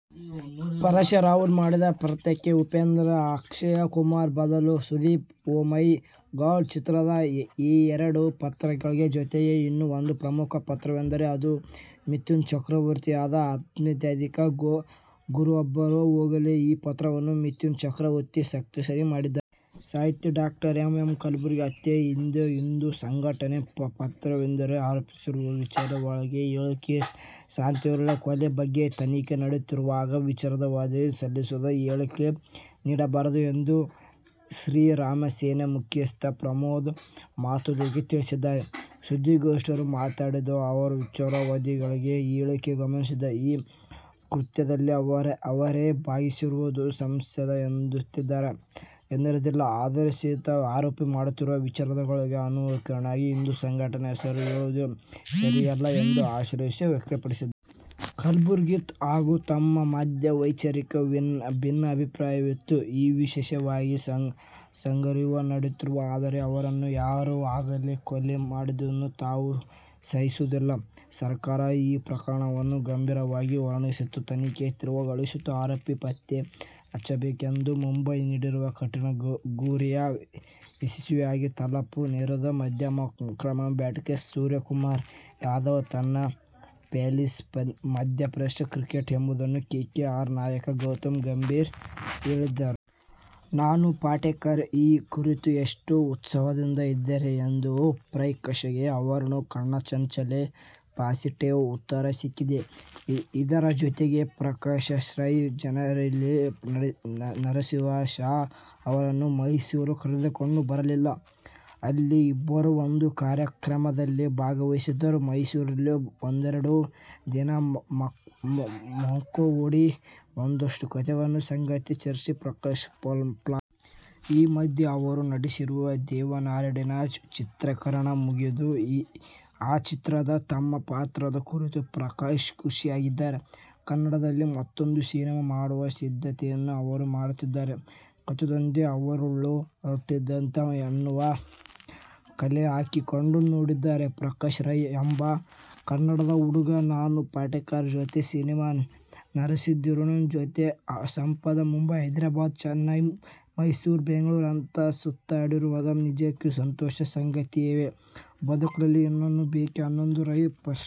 ಪರೇಶ್ ರಾವಲ್ ಮಾಡಿದ ಪಾತ್ರಕ್ಕೆ ಉಪೇಂದ್ರ. ಅಕ್ಷಯ್ ಕುಮಾರ್ ಬದಲು ಸುದೀಪ್. "ಓ ಮೈ ಗಾಡ್' ಚಿತ್ರದಲ್ಲಿ ಈ ಎರಡು ಪಾತ್ರಗಳ ಜೊತೆಗೆ ಇನ್ನೂ ಒಂದು ಪ್ರಮುಖ ಪಾತ್ರವೆಂದರೆ ಅದು ಮಿಥುನ್ ಚಕ್ರವರ್ತಿಯವರದ್ದು. ಆಧ್ಯಾತ್ಮಿಕ ಗುರುವೊಬ್ಬರನ್ನು ಹೋಲುವ ಈ ಪಾತ್ರವನ್ನು ಮಿಥುನ್ ಚಕ್ರವರ್ತಿ ಸಖತ್ತಾಗಿ ಮಾಡಿದ್ದರು. ಸಾಹಿತಿ ಡಾ ಎಂ. ಎಂ. ಕಲಬುರ್ಗಿ ಹತ್ಯೆಯ ಹಿಂದೆ ಹಿಂದೂ ಸಂಘಟನೆಯ ಪಾತ್ರವಿದೆಯೆಂದು ಆರೋಪಿಸುತ್ತಿರುವ ವಿಚಾರವಾದಿಗಳ ಹೇಳಿಕೆಯಲ್ಲಿ ಸತ್ಯಾಂಶವಿಲ್ಲ. ಕೊಲೆ ಬಗ್ಗೆ ತನಿಖೆ ನಡೆಯುತ್ತಿರುವಾಗ ವಿಚಾರವಾದಿಗಳು ಇಲ್ಲಸಲ್ಲದ ಹೇಳಿಕೆ ನೀಡಬಾರದು ಎಂದು ಶ್ರೀರಾಮಸೇನೆ ಮುಖ್ಯಸ್ಥ ಪ್ರಮೋದ ಮುತಾಲಿಕ ತಿಳಿಸಿದ್ದಾರೆ. ಸುದ್ದಿಗೋಷ್ಠಿಯಲ್ಲಿ ಮಾತನಾಡಿದ ಅವರು, ವಿಚಾರವಾದಿಗಳ ಹೇಳಿಕೆ ಗಮನಿಸಿದರೆ ಈ ಕೃತ್ಯದಲ್ಲಿ ಅವರೇ ಭಾಗಿಯಾಗಿರುವ ಸಂಶಯ ಎದುರಾಗುತ್ತದೆ ಎಂದರಲ್ಲದೇ, ಆಧಾರರಹಿತ ಆರೋಪ ಮಾಡುತ್ತಿರುವ ವಿಚಾರವಾದಿಗಳು ವಿನಾಕಾರಣ ಹಿಂದೂ ಸಂಘಟನೆಗಳ ಹೆಸರು ಹೇಳುವುದು ಸರಿಯಲ್ಲ ಎಂದು ಆಕ್ರೋಶ ವ್ಯಕ್ತಪಡಿಸಿದರು. ಕಲಬುರ್ಗಿ ಹಾಗೂ ತಮ್ಮ ಮಧ್ಯೆ ವೈಚಾರಿಕ ಭಿನ್ನಾಭಿಪ್ರಾಯವಿತ್ತು. ಈ ವಿಷಯವಾಗಿ ಸಂಘರ್ಷವೂ ನಡೆಯುತ್ತಿತ್ತು. ಆದರೆ ಅವರನ್ನು ಯಾರೇ ಆಗಲಿ ಕೊಲೆ ಮಾಡಿದ್ದನ್ನು ತಾವು ಸಹಿಸುವುದಿಲ್ಲ. ಸರ್ಕಾರ ಈ ಪ್ರಕರಣವನ್ನು ಗಂಭೀರವಾಗಿ ಪರಿಗಣಿಸಿ ತನಿಖೆ ತೀವ್ರಗೊಳಿಸಿ ಆರೋಪಿಗಳನ್ನು ಪತ್ತೆ ಹಚ್ಚಬೇಕು ಎಂದರು. ಮುಂಬೈ ನೀಡಿದ ಕಠಿನ ಗುರಿಯನ್ನು ಯಶಸ್ವಿಯಾಗಿ ತಲಪಲು ನೆರವಾದ ಮಧ್ಯಮ ಕ್ರಮಾಂಕದ ಬ್ಯಾಟ್ಸ್ಮನ್ ಸೂರ್ಯಕುಮಾರ್ ಯಾದವ್ ನನ್ನ ಪಾಲಿನ ಪಂದ್ಯಶ್ರೇಷ್ಠ ಕ್ರಿಕೆಟಿಗ ಎಂಬುದಾಗಿ ಕೆಕೆಆರ್ ನಾಯಕ ಗೌತಮ್ ಗಂಭೀರ್ ಹೇಳಿದ್ದಾರೆ. ನಾನಾ ಪಾಟೇಕರ್ ಈ ಕುರಿತು ಎಷ್ಟು ಉತ್ಸಾಹದಿಂದ ಇದ್ದಾರೆ ಎಂದರೆ ಪ್ರಕಾಶ್ರೈಗೆ ಅವರ ಕಣ್ಣಂಚಲ್ಲೇ ಪಾಸಿಟಿವ್ ಉತ್ತರ ಸಿಕ್ಕಾಗಿದೆ. ಇದರ ಜೊತೆಗೇ ಪ್ರಕಾಶ್ ರೈ, ಜನವರಿಯಲ್ಲಿ ನಸೀರುದ್ದೀನ್ ಶಾ ಅವರನ್ನು ಮೈಸೂರಿಗೆ ಕರೆದುಕೊಂಡು ಬರಲಿದ್ದಾರೆ. ಅಲ್ಲಿ ಇಬ್ಬರೂ ಒಂದು ಕಾರ್ಯಕ್ರಮದಲ್ಲಿ ಭಾಗವಹಿಸುತ್ತಾರೆ. ಮೈಸೂರಲ್ಲೇ ಒಂದೆರಡು ದಿನ ಮೊಕ್ಕಾಂ ಹೂಡಿ ಒಂದಷ್ಟು ಕತೆಗಳನ್ನು, ಸಂಗತಿಗಳನ್ನು ಚರ್ಚಿಸುವುದು ಪ್ರಕಾಶ್ ಪ್ಲಾನು. ಈ ಮಧ್ಯೆ ಅವರು ನಟಿಸಿದ ದೇವರನಾಡಲ್ಲಿ ಚಿತ್ರೀಕರಣ ಮುಗಿದಿದೆ. ಆ ಚಿತ್ರದ ತಮ್ಮ ಪಾತ್ರದ ಕುರಿತೂ ಪ್ರಕಾಶ್ ಖುಷಿಯಾಗಿದ್ದಾರೆ. ಕನ್ನಡದಲ್ಲಿ ಮತ್ತೂಂದು ಸಿನಿಮಾ ಮಾಡುವ ಸಿದ್ಧತೆಯನ್ನೂ ಅವರು ಮಾಡುತ್ತಿದ್ದಾರೆ. ಕತೆಯೊಂದು ಅವರೊಳಗೆ ಹರಳುಗಟ್ಟುತ್ತಿದೆಯಂತೆ. ಎಲ್ಲವನ್ನೂ ಕಲೆಹಾಕಿಕೊಂಡು ನೋಡಿದರೆ ಪ್ರಕಾಶ್ ರೈ ಎಂಬ ಕನ್ನಡದ ಹುಡುಗ ನಾನಾ ಪಾಟೇಕರ್ ಜೊತೆ ಸಿನಿಮಾ, ನಸೀರುದ್ದೀನ್ ಜೊತೆ ಸಂವಾದ, ಮುಂಬೈ, ಹೈದರಾಬಾದ್, ಚೆನ್ನೈ, ಮೈಸೂರು, ಬೆಂಗಳೂರು- ಅಂತ ಸುತ್ತಾಡುತ್ತಿರುವುದು ನಿಜಕ್ಕೂ ಸಂತೋಷದ ಸಂಗತಿಯಲ್ಲವೇ? ಬದುಕಲ್ಲಿ ಇನ್ನೇನು ಬೇಕು ಅನ್ನೋದು ರೈ ಪ್ರಶ್ನೆ!